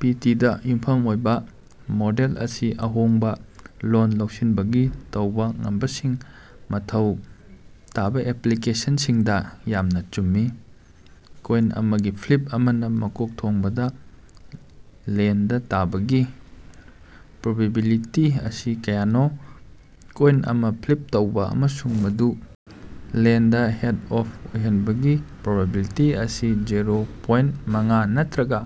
ꯄꯤ. T. ꯗ ꯌꯨꯝꯐꯝ ꯑꯣꯏꯕ ꯃꯣꯗꯦꯜ ꯑꯁꯤ ꯑꯍꯣꯡꯕ ꯂꯣꯜ ꯂꯧꯁꯤꯟꯕꯒꯤ ꯇꯧꯕ ꯉꯝꯕꯁꯤꯡ ꯃꯊꯧ ꯇꯥꯕꯥꯑꯦꯄ꯭ꯂꯤꯀꯦꯁꯟꯁꯤꯡꯗ ꯌꯥꯝꯅ ꯆꯨꯝꯃꯤ꯫ ꯀꯣꯏꯟ ꯑꯃꯒꯤ ꯐ꯭ꯂꯤꯞ ꯑꯃꯅ ꯃꯀꯣꯛ ꯊꯣꯡꯕꯗ ꯂꯦꯟꯗ ꯇꯧꯕꯒꯤ ꯄ꯭ꯔꯣꯕꯤꯕꯤꯂꯤꯇꯤ ꯑꯁꯤ ꯀꯌꯥꯅꯣ? ꯀꯣꯏꯟ ꯑꯃ ꯐ꯭ꯂꯤꯞ ꯇꯧꯕ ꯑꯃꯁꯨꯡ ꯃꯗꯨ ꯂꯦꯟꯗ ꯍꯦꯗ ꯑꯣꯐ ꯑꯣꯏꯍꯟꯕꯒꯤ ꯄ꯭ꯔꯣꯕꯤꯕꯤꯂꯤꯇꯤ ꯑꯁꯤ ꯖꯦꯔꯣ ꯄꯣꯏꯟ ꯃꯉꯥ ꯅꯠꯇꯔꯒ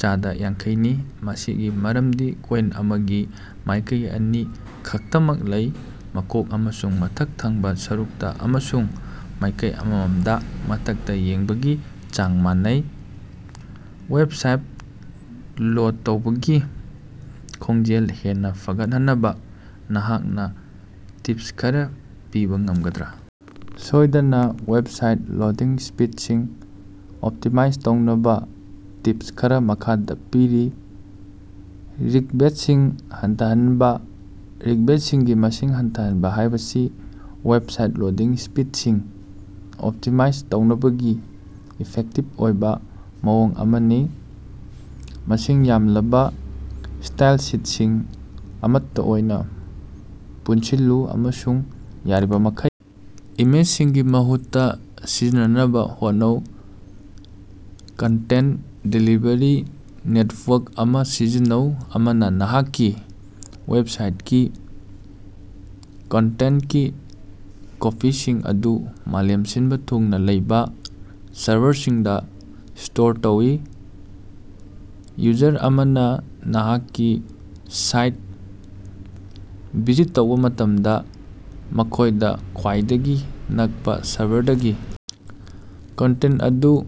ꯆꯥꯗ ꯌꯥꯡꯈꯩꯅꯤ꯫ ꯃꯁꯤꯒꯤ ꯃꯔꯝꯗꯤ ꯀꯣꯏꯟ ꯑꯃꯒꯤ ꯃꯥꯏꯀꯩ ꯑꯅꯤ ꯈꯛꯇꯃꯛ ꯂꯩ, ꯃꯀꯣꯛ ꯑꯃꯁꯨꯡ ꯃꯊꯛ ꯊꯪꯕ ꯁꯔꯨꯛꯇ, ꯑꯃꯁꯨꯡ ꯃꯥꯌꯀꯩ ꯑꯃꯃꯝꯗ ꯃꯊꯛꯇ ꯌꯦꯡꯕꯒꯤ ꯆꯥꯡ ꯃꯥꯟꯅꯩ꯫ ꯋꯦꯕꯁꯥꯏꯠ ꯂꯣꯗ ꯇꯧꯕꯒꯤ ꯈꯣꯡꯖꯦꯜ ꯍꯦꯟꯅ ꯐꯒꯠꯍꯟꯅꯕ ꯅꯍꯥꯛꯅ ꯇꯤꯄꯁ ꯈꯔ ꯄꯤꯕ ꯉꯝꯒꯗ꯭ꯔꯥ? ꯁꯣꯏꯗꯅ, ꯋꯦꯕꯁꯥꯏꯠ ꯂꯣꯗꯤꯡ ꯁ꯭ꯄꯤꯗꯁꯤꯡ ꯑꯣꯞꯇꯤꯃꯥꯏꯖ ꯇꯧꯅꯕ ꯇꯤꯞꯁ ꯈꯔꯥ ꯃꯈꯥꯗ ꯄꯤꯔꯤ: ꯔꯤꯛꯕ꯭ꯦꯁꯠꯁꯤꯡ ꯍꯟꯊꯍꯟꯕ: ꯔꯤꯛꯕ꯭ꯦꯁꯠꯁꯤꯡꯒꯤ ꯃꯁꯤꯡ ꯍꯟꯊꯍꯟꯕ ꯍꯥꯏꯕꯁꯤ ꯋꯦꯕꯁꯥꯏꯠ ꯂꯣꯗꯤꯡ ꯁ꯭ꯄꯤꯗꯁꯤꯡ ꯑꯣꯞꯇꯤꯃꯥꯏꯖ ꯇꯧꯅꯕꯒꯤ ꯏꯐꯦꯛꯇꯤꯚ ꯑꯣꯏꯕ ꯃꯑꯣꯡ ꯑꯃꯅꯤ꯫ ꯃꯁꯤꯡ ꯌꯥꯝꯂꯕ ꯁ꯭ꯇꯥꯏꯜꯁꯤꯠꯁꯤꯡ ꯑꯃꯠꯇ ꯑꯣꯏꯅ ꯄꯨꯅꯁꯤꯜꯂꯨ ꯑꯃꯁꯨꯡ ꯌꯥꯔꯤꯕꯃꯈꯩ ꯏꯃꯦꯖꯁꯤꯡꯒꯤ ꯃꯍꯨꯠꯇ ꯁꯤꯖꯤꯟꯅꯅꯕ ꯍꯣꯠꯅꯧ꯫ ꯀꯟꯇꯦꯟꯠ ꯗꯦꯂꯤꯚꯔꯤ ꯅꯦꯠꯋꯥꯔꯛ ꯑꯃ ꯁꯤꯖꯤꯟꯅꯧ: ꯑꯃꯅ ꯅꯍꯥꯛꯀꯤ ꯋꯦꯕꯁꯥꯏꯠꯀꯤ ꯀꯟꯇꯦꯟꯠꯀꯤ ꯀꯣꯄꯤꯁꯤꯡ ꯑꯗꯨ ꯃꯥꯂꯦꯝ ꯁꯤꯟꯕ ꯊꯨꯡꯅ ꯂꯩꯕ ꯁꯔꯚꯔꯁꯤꯡꯗ ꯁ꯭ꯇꯣꯔ ꯇꯧꯏ꯫ ꯌꯨꯖꯔ ꯑꯃꯅ ꯅꯍꯥꯛꯀꯤ ꯁꯥꯏꯠꯇ ꯚꯤꯖꯤꯠ ꯇꯧꯕꯥ ꯃꯇꯝꯗ, ꯃꯈꯣꯏꯗ ꯈ꯭ꯋꯥꯏꯗꯒꯤ ꯅꯛꯄ ꯁꯔꯚꯔꯗꯒꯤ ꯀꯟꯇꯦꯟꯠ ꯑꯗꯨ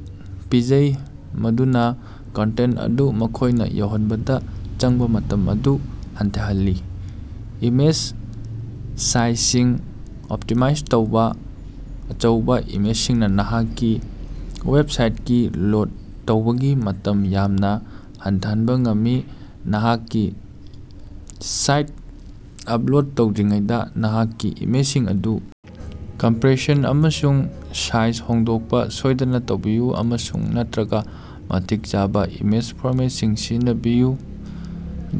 ꯄꯤꯖꯩ, ꯃꯗꯨꯅ ꯀꯟꯇꯦꯟꯠ ꯑꯗꯨ ꯃꯈꯣꯏꯗ ꯌꯧꯍꯟꯕꯗ ꯆꯪꯕ ꯃꯇꯝ ꯑꯗꯨ ꯍꯟꯊꯍꯜꯂꯤ꯫ ꯏꯃꯦꯖ ꯁꯥꯏꯖꯁꯤꯡ ꯑꯣꯞꯇꯤꯃꯥꯏꯖ ꯇꯧꯕꯥ: ꯑꯆꯧꯕ ꯏꯃꯦꯖꯁꯤꯡꯅ ꯅꯍꯥꯛꯀꯤ ꯋꯦꯕꯁꯥꯏꯠꯀꯤ ꯂꯣꯗ ꯇꯧꯕꯒꯤ ꯃꯇꯝ ꯌꯥꯝꯅ ꯍꯟꯊꯍꯟꯕ ꯉꯝꯃꯤ꯫ ꯅꯍꯥꯛꯀꯤ ꯁꯥꯏꯠꯇ ꯑꯞꯂꯣꯗ ꯇꯧꯗ꯭ꯔꯤꯉꯩꯗ ꯅꯍꯥꯛꯀꯤ ꯏꯃꯦꯖꯁꯤꯡ ꯑꯗꯨ ꯀꯝꯄ꯭ꯔꯦꯁꯟ ꯑꯃꯁꯨꯡ ꯁꯥꯏꯖ ꯍꯣꯡꯗꯣꯛꯄ ꯁꯣꯏꯗꯅ ꯇꯧꯕꯤꯌꯨ, ꯑꯃꯁꯨꯡ ꯅꯠꯇꯔꯒ ꯃꯇꯤꯛ ꯆꯥꯕ ꯏꯃꯦꯖ ꯐꯣꯔꯃꯦꯠꯁꯤꯡ ꯁꯤꯖꯤꯟꯅꯕꯤꯌꯨ꯫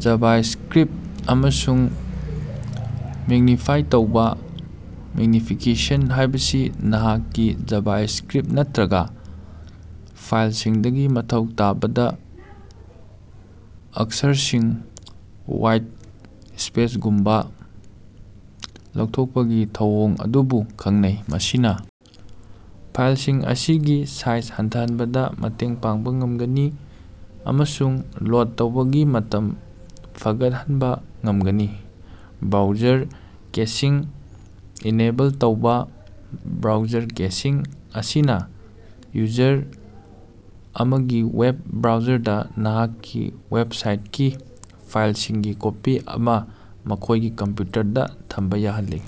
ꯖꯥꯚꯥꯁ꯭ꯀꯔꯤꯞꯠ, ꯑꯃꯁꯨꯡ ꯃꯤꯅꯤꯐꯥꯏ ꯇꯧꯕꯥ: ꯃꯤꯅꯤꯐꯤꯀꯦꯁꯟ ꯍꯥꯏꯕꯁꯤ ꯅꯍꯥꯛꯀꯤ, ꯖꯥꯚꯥꯁ꯭ꯛꯔꯤꯞꯠ ꯅꯠꯇꯔꯒ ꯐꯥꯏꯜꯁꯤꯡꯗꯒꯤ ꯃꯊꯧ ꯇꯥꯗꯕ ꯑꯛꯁꯔꯁꯤꯡ (ꯋꯥꯏꯠ ꯁ꯭ꯄꯦꯁꯒꯨꯝꯕꯥ) ꯂꯧꯊꯣꯖꯄꯒꯤ ꯊꯧꯑꯣꯡ ꯑꯗꯨꯕꯨ ꯈꯪꯅꯩ꯫ ꯃꯁꯤꯅ ꯐꯥꯏꯜꯁꯤꯡ ꯑꯁꯤꯒꯤ ꯁꯥꯏꯖ ꯍꯟꯊꯍꯟꯕꯗ ꯃꯇꯦꯡ ꯄꯥꯡꯕ ꯉꯝꯒꯅꯤ ꯑꯃꯁꯨꯡ ꯂꯣꯗ ꯇꯧꯕꯒꯤ ꯃꯇꯝ ꯐꯒꯠꯍꯟꯕ ꯉꯝꯒꯅꯤ꯫ ꯕ꯭ꯔꯥꯎꯖꯔ ꯀꯦꯁꯤꯡ ꯏꯅꯦꯕꯜ ꯇꯧꯕꯥ: ꯕ꯭ꯔꯥꯎꯖꯔ ꯀꯦꯁꯤꯡ ꯑꯁꯤꯅ ꯌꯨꯖꯔ ꯑꯃꯒꯤ ꯋꯦꯕ ꯕ꯭ꯔꯥꯎꯖꯔꯗ ꯅꯍꯥꯛꯀꯤ ꯋꯦꯕꯁꯥꯏꯠꯀꯤ ꯐꯥꯏꯜꯁꯤꯡꯒꯤ ꯀꯣꯄꯤ ꯑꯃ ꯃꯈꯣꯏꯒꯤ ꯀꯝꯄ꯭ꯌꯨꯇꯔꯗ ꯊꯝꯕ ꯌꯥꯍꯜꯂꯤ꯫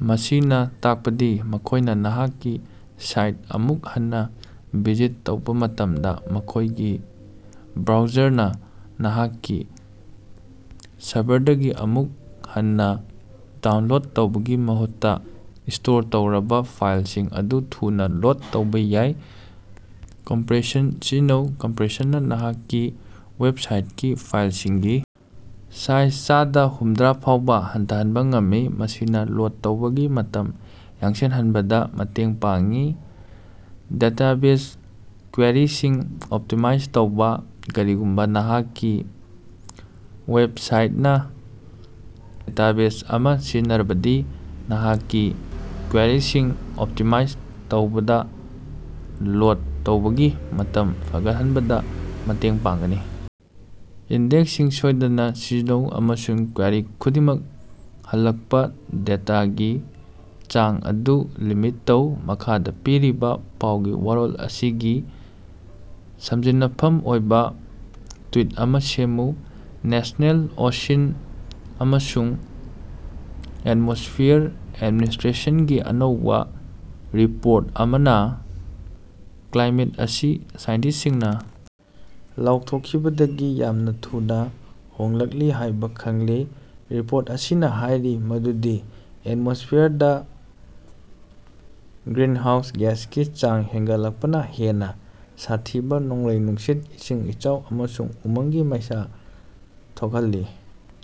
ꯃꯁꯤꯅ ꯇꯥꯛꯄꯗꯤ ꯃꯈꯣꯏꯅ ꯅꯍꯥꯛꯀꯤ ꯁꯥꯏꯠꯇ ꯑꯃꯨꯛ ꯍꯟꯅ ꯚꯤꯖꯤꯠ ꯇꯧꯕꯥ ꯃꯇꯝꯗ, ꯃꯈꯣꯏꯒꯤ ꯕ꯭ꯔꯥꯎꯖꯔꯅ ꯅꯍꯥꯛꯀꯤ ꯁꯔꯚꯔꯗꯒꯤ ꯑꯃꯨꯛ ꯍꯟꯅ ꯗꯥꯎꯟꯂꯣꯗ ꯇꯧꯕꯒꯤ ꯃꯍꯨꯠꯇ ꯁ꯭ꯇꯣꯔ ꯇꯧꯔꯕ ꯐꯥꯏꯜꯁꯤꯡ ꯑꯗꯨ ꯊꯨꯅ ꯂꯣꯗ ꯇꯧꯕꯥ ꯌꯥꯏ꯫ ꯀꯝꯄ꯭ꯔꯦꯁꯟ ꯁꯤꯖꯤꯟꯅꯧ: ꯀꯝꯄ꯭ꯔꯦꯁꯟꯅ ꯅꯍꯥꯛꯀꯤ ꯋꯦꯕꯁꯥꯏꯠꯀꯤ ꯐꯥꯏꯜꯁꯤꯡꯒꯤ ꯁꯥꯏꯖ ꯆꯥꯗ ꯍꯨꯝꯗꯔꯥ ꯐꯥꯎꯕ ꯍꯟꯊꯍꯟꯕ ꯉꯝꯃꯤ, ꯃꯁꯤꯅ ꯂꯣꯗ ꯇꯧꯕꯒꯤ ꯃꯇꯝ ꯌꯥꯡꯁꯤꯟꯍꯟꯕꯗ ꯃꯇꯦꯡ ꯄꯥꯡꯏ꯫ ꯗꯦꯇꯥꯕꯦꯖ ꯀ꯭ꯋꯦꯔꯤꯁꯤꯡ ꯑꯣꯞꯇꯤꯃꯥꯏꯖ ꯇꯧꯕꯥ: ꯀꯔꯤꯒꯨꯝꯕ ꯅꯍꯥꯛꯀꯤ ꯋꯦꯕꯁꯥꯏꯠꯅ ꯗꯦꯇꯥꯕꯦꯖ ꯑꯃ ꯁꯤꯖꯤꯟꯅꯔꯕꯗꯤ, ꯅꯍꯥꯛꯀꯤ ꯀ꯭ꯋꯦꯔꯤꯁꯤꯡ ꯑꯣꯞꯇꯤꯃꯥꯏꯖ ꯇꯧꯕꯅ ꯂꯣꯗ ꯇꯧꯕꯒꯤ ꯃꯇꯝ ꯐꯒꯠꯍꯟꯕꯗ ꯃꯇꯦꯡ ꯄꯥꯡꯒꯅꯤ꯫ ꯏꯟꯗꯦꯛꯁꯁꯤꯡ ꯁꯣꯏꯗꯅ ꯁꯤꯖꯤꯟꯅꯧ, ꯑꯃꯁꯨꯡ ꯀ꯭ꯋꯦꯔꯤ ꯈꯨꯗꯤꯡꯃꯛꯅ ꯍꯜꯂꯛꯄ ꯗꯦꯇꯥꯒꯤ ꯆꯥꯡ ꯑꯗꯨ ꯂꯤꯃꯤꯠ ꯇꯧ꯫ ꯃꯈꯥꯗ ꯄꯤꯔꯤꯕ ꯄꯥꯎꯒꯤ ꯋꯥꯔꯣꯜ ꯑꯁꯤꯒꯤ ꯁꯝꯖꯤꯟꯅꯐꯝ ꯑꯣꯏꯕ ꯇ꯭ꯋꯤꯠ ꯑꯃ ꯁꯦꯝꯃꯨ꯫ ꯅꯦꯁ꯭ꯅꯦꯜ ꯑꯣꯁꯤꯟ ꯑꯃꯁꯨꯡ ꯑꯦꯠꯃꯣꯁ꯭ꯐꯤꯌꯔ ꯑꯦꯗꯃꯤꯅꯤꯁ꯭ꯇꯔꯦꯁꯟꯒꯤ ꯑꯅꯧꯕ ꯔꯤꯄꯣꯔꯠ ꯑꯃꯅ ꯀ꯭ꯂꯥꯏꯃꯦꯠ ꯑꯁꯤ ꯁꯥꯏꯟꯇ꯭ꯤꯁꯠꯁꯤꯡꯅ ꯂꯥꯎꯊꯣꯛꯈꯤꯕꯗꯒꯤ ꯌꯥꯝꯅ ꯊꯨꯅꯥ ꯍꯣꯡꯂꯛꯂꯤ ꯍꯥꯏꯕ ꯈꯪꯂꯦ꯫ ꯔꯤꯄꯣꯔꯠ ꯑꯁꯤꯅ ꯍꯥꯏꯔꯤ ꯃꯗꯨꯗꯤ ꯑꯦꯠꯃꯣꯁ꯭ꯐꯤꯌꯔꯗ ꯒ꯭ꯔꯤꯟꯍꯥꯎꯁ ꯒ꯭ꯌꯥꯁꯀꯤ ꯆꯥꯡ ꯍꯦꯡꯒꯠꯂꯛꯄꯅ ꯍꯦꯟꯅ ꯁꯥꯊꯤꯕ ꯅꯣꯡꯂꯩ-ꯅꯨꯡꯁꯤꯠ, ꯏꯁꯤꯡ ꯏꯆꯥꯎ ꯑꯃꯁꯨꯡ ꯎꯃꯪꯒꯤ ꯃꯩꯁꯥ ꯊꯣꯈꯜꯂꯤ꯫